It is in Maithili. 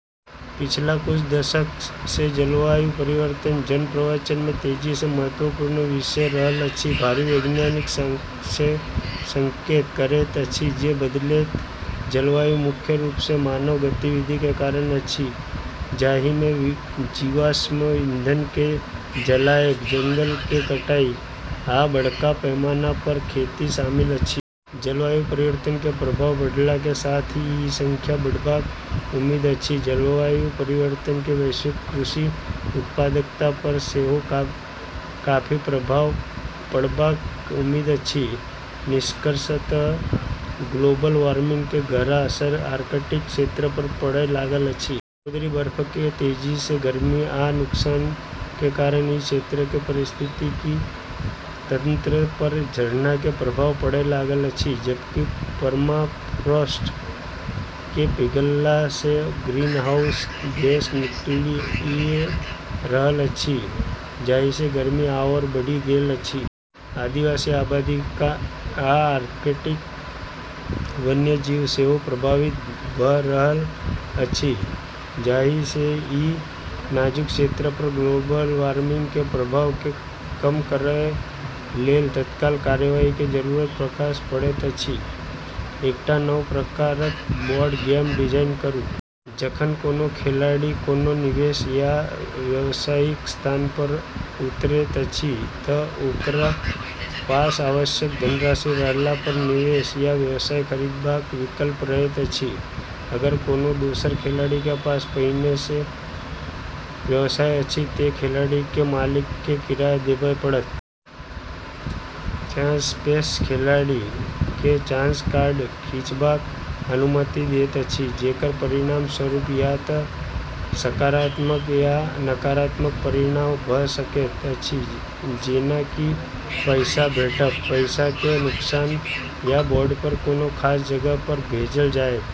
पिछला कुछ दशक सँ जलवायु परिवर्तन जन-प्रवचन मे तेजी सँ महत्वपूर्ण विषय रहल अछि। भारी वैज्ञानिक साक्ष्य संकेत करैत अछि जे बदलैत जलवायु मुख्य रूप सँ मानव गतिविधि के कारण अछि, जाहि मे जीवाश्म ईंधन के जलाएब, जंगल के कटाई, आ बड़का पैमाना पर खेती शामिल अछि। जलवायु परिवर्तन के प्रभाव बढ़ला के साथ ई संख्या बढ़बाक उम्मीद अछि। जलवायु परिवर्तन के वैश्विक कृषि उत्पादकता पर सेहो काफी प्रभाव पड़बाक उम्मीद अछि। निष्कर्षतः ग्लोबल वार्मिंग के गहरा असर आर्कटिक क्षेत्र पर पड़य लागल अछि। समुद्री बर्फ के तेजी सँ गर्मी आ नुकसान के कारण ई क्षेत्र के पारिस्थितिकी तंत्र पर झरना के प्रभाव पड़य लागल अछि, जबकि परमाफ्रॉस्ट के पिघलला सँ ग्रीनहाउस गैस निकलिए रहल अछि, जाहि सँ गर्मी आओर बढ़ि गेल अछि। आदिवासी आबादी आ आर्कटिक वन्यजीव सेहो प्रभावित भ' रहल अछि, जाहि सँ ई नाजुक क्षेत्र पर ग्लोबल वार्मिंग के प्रभाव केँ कम करय लेल तत्काल कार्रवाई के जरूरत पर प्रकाश पड़ैत अछि। एकटा नव प्रकारक बोर्ड गेम डिजाइन करू। जखन कोनो खिलाड़ी कोनो निवेश या व्यवसायिक स्थान पर उतरैत अछि तँ ओकरा पास आवश्यक धनराशि रहला पर निवेश या व्यवसाय खरीदबाक विकल्प रहैत अछि। अगर कोनो दोसर खिलाड़ी के पास पहिने सँ व्यवसाय अछि तँ खिलाड़ी केँ मालिक केँ किराया देबय पड़त। चांस स्पेस खिलाड़ी केँ चांस कार्ड खींचबाक अनुमति दैत अछि जेकर परिणामस्वरूप या तँ सकारात्मक या नकारात्मक परिणाम भ' सकैत अछि जेना कि पैसा भेटब, पैसा के नुकसान, या बोर्ड पर कोनो खास जगह पर भेजल जाएब।